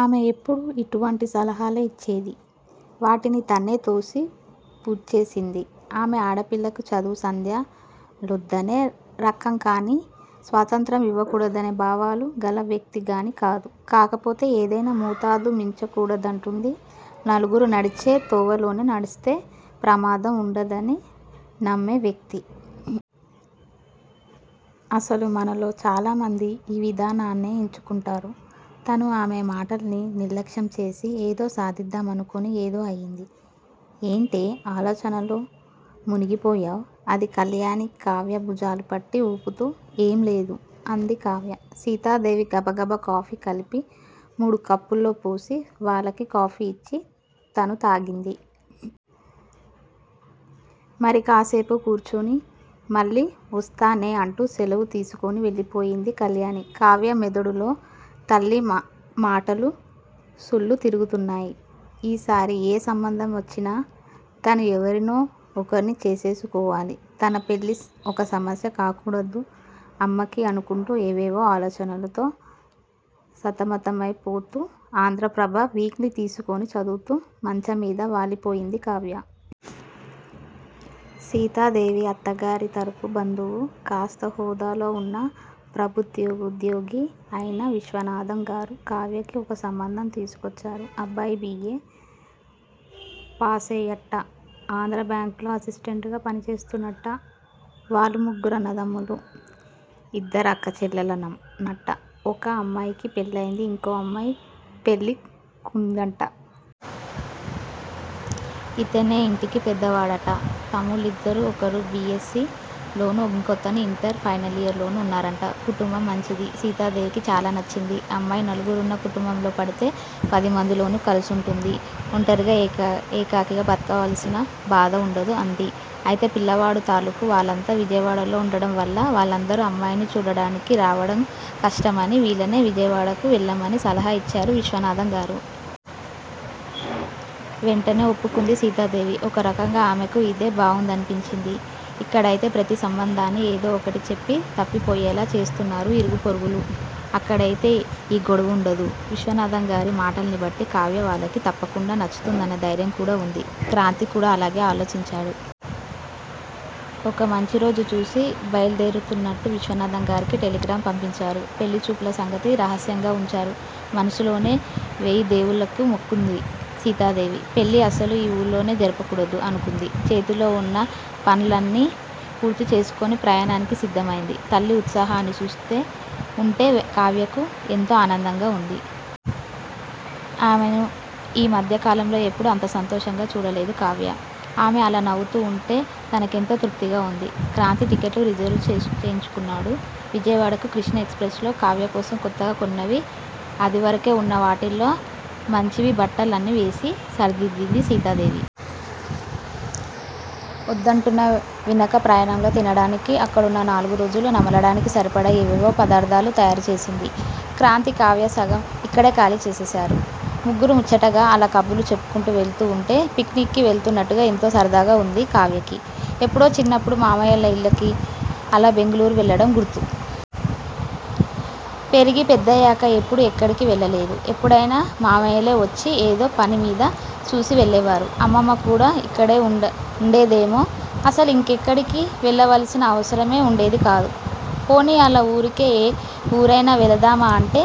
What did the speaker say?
ఆమె ఎప్పుడూ ఇటువంటి సలహాలే ఇచ్చేది. వాటిని తనే తోసి పుచ్చేసింది. ఆమె ఆడపిల్లకి చదువు సంధ్య లొద్దనే రకం కానీ, స్వాతంత్ర్యం ఇవ్వకూడదనే భావాలు గల వ్యక్తి గానీ కాదు! కాకపోతే, ఏదైనా మోతాదు మించకూడదంటుంది. నలుగురూ నడిచే తోవలోనే నడిస్తే, ప్రమాదం వుండదని నమ్మే వ్యక్తి! అసలు మనలో చాలామంది, ఈ విధానాన్నే ఎంచుకుంటారు! తను ఆమె మాటల్ని నిర్లక్ష్యంచేసి, ఏదో సాదిద్దామనుకుని ఏదో అయింది. ' ఏంటే, ఆలోచనల్లో మునిగిపోయావ్? అది కళ్యాణి, కావ్య భుజాలుపట్టి ఊపుతూ. ఏం లేదు. అంది కావ్య! సీతాదేవి గబగబ కాఫీ కలిపి మూడు కప్పుల్లో పోసి, వాళ్ళకి కాఫీ ఇచ్చి తనూ తాగింది. మరి కాస్సేపు కూర్చుని, మళ్ళీ ఒస్తానే అంటూ సెలవు తీసుకుని వెళ్ళిపోయింది కళ్యాణి. కావ్య మెదడులో తల్లి మాటలు సుళ్ళు తిరుగుతున్నాయ్. ఈసారి ఏ సంబంధ మొచ్చినా, తను ఎవరినో ఒకరిని చేసేసుకోవాలి! తన పెళ్ళి ఒక సమస్య కాకూడదు అమ్మకి! అనుకుంటూ ఏవేవో ఆలోచనలతో సంతమతమై పోతూ, ఆంధ్రప్రభ వీక్లీ తీసుకుని చదువుతూ మంచంమీద వాలిపోయింది కావ్య! సీతాదేవి అత్తగారి తరపు బంధువూ, కాస్త హోదాలో వున్న ప్రభుత్వోద్యోగీ అయిన విశ్వనాథంగారు, కావ్యకి ఒక సంబంధం తీకుకొచ్చారు. అబ్బాయి, బి. ఏ. ప్యాసయ్యాట్ట. ఆంధ్రా బ్యాంకులో అసిస్టెంటుగా పనిచేస్తున్నాట్ట. వాళ్ళు ముగ్గురన్నదమ్ములూ, ఇద్దరక్క చెళ్ళెళ్ళూనట. ఒక అమ్మాయికి పెళ్ళయింది. ఇంకో అమ్మాయి పెళ్ళి కుందిట. ఇతనే ఇంటికి పెద్దవాడట. తమ్ముళ్ళిద్దరూ ఒకరు, బి. ఎస్. సి. లోనూ ఇంకోతను ఇంటర్ ఫైనలియర్ లోనూ వున్నారట. కుటుంబం మంచిది. సీతాదేవికి చాలా నచ్చింది. అమ్మాయి నలుగురున్న కుటుంబంలో పడితే, పదిమందిలోనూ కలిసుంటుంది. ఒంటరిగా ఏకాకిగా బతకవలసిన బాధ వుండదు అంది. అయితే పిల్లవాడు తాలూకూ వాళ్లంతా విజయవాడలో ఉండడంవల్ల వాళ్ళందరూ అమ్మాయిని చూడ్డానికి రావడం కష్టమని వీళ్ళనే విజయవాడకి వెళ్ళమని సలహా ఇచ్చారు విశ్వనాధంగారు. వెంటనే ఒప్పుకుంది సీతాదేవి. ఒకరకంగా ఆమెకి ఇదే బాగుందనిపించింది. ఇక్కడయితే ప్రతీ సంబంధాన్నీ ఏదో ఒకటి చెప్పి తప్పిపోయేలా చేస్తున్నారు ఇరుగు పొరుగులు. అక్కడయితే ఈ గొడవుండదు. విశ్వనాథంగారి మాటల్నిబట్టి, కావ్య వాళ్లకి తప్పకుండా నచ్చుతుందన్న ధైర్యం కూడా వుంది. క్రాంతి కూడా అలాగే ఆలోచించాడు. ఒక మంచి రోజు చూసి బయలుదేరుతూన్నట్టు విశ్వనాథంగారికి టెలిగ్రాం పంపించారు. పెళ్ళి చూపుల సంగతి రహస్యంగా వుంచారు. మనసులోనే వెయ్యి దేముళ్ళకి మొక్కుకుంది సీతాదేవి! పెళ్ళి అసలు ఈ ఊళ్లోనే జరపకూడదు, అనుకుంది. చేతిలో వున్న పన్లన్నీ పూర్తిచేసుకుని ప్రయాణానికి సిద్ధమైంది. తల్లి ఉత్సాహాన్ని చూస్తూ వుంటే కావ్యకి, ఎంతో ఆనందంగా వుంది. ఆమెని ఈ మధ్య కాలంలో ఎప్పుడూ అంత సంతోషంగా చూడలేదు కావ్య! ఆమె అలా నవ్వుతూ వుంటే తన కెంతో తృప్తిగా వుంది. క్రాంతి టిక్కెట్లు రిజర్వు చేయించుకొన్నాడు. విజయవాడకి కృష్ణా ఎక్స్ ప్రెస్ లో! కావ్య కోసం కొత్తగా కొన్నవీ, అదివరకే వున్న వాటిల్లో మంచివీ బట్టలు అన్నీ వేసి సర్దింది సీతాదేవి. ఒద్దంటున్నా వినక ప్రయాణంలో తినడానికీ, అక్కడున్న నాలుగురోజులూ నమలడానికి సరిపడా ఏవేవో పదార్ధాలు తయారుచేసింది. క్రాంతీ, కావ్యా సగం ఇక్కడే ఖాళీ చేసేశారు. ముగ్గురూ ముచ్చటగా అలా కబుర్లు చెప్పుకుంటూ వెళుతూ వుంటే, పిక్నిక్ కి వెళుతూన్నట్టుగా ఎంతో సరదాగా వుంది కావ్యకి. ఎప్పుడో చిన్నప్పుడు, మామయ్యల ఇళ్లకి అలా బెంగుళూరు వెళ్లడం గుర్తు! పెరిగి పెద్దయ్యాక ఎప్పుడూ ఎక్కడికీ వెళ్లలేదు. ఎప్పుడైనా మామయ్యలే ఒచ్చి ఏదో పనిమీద, చూసి వెళ్ళేవారు. అమ్మమ్మ కూడా ఇక్కడే వుండేదేమో అసలు ఇంకెక్కడికీ వెళ్లవలసిన అవసరమే వుండేది కాదు. పోనీ అలా ఊరికే ఎ ఊరైనా వెళదామా అంటే,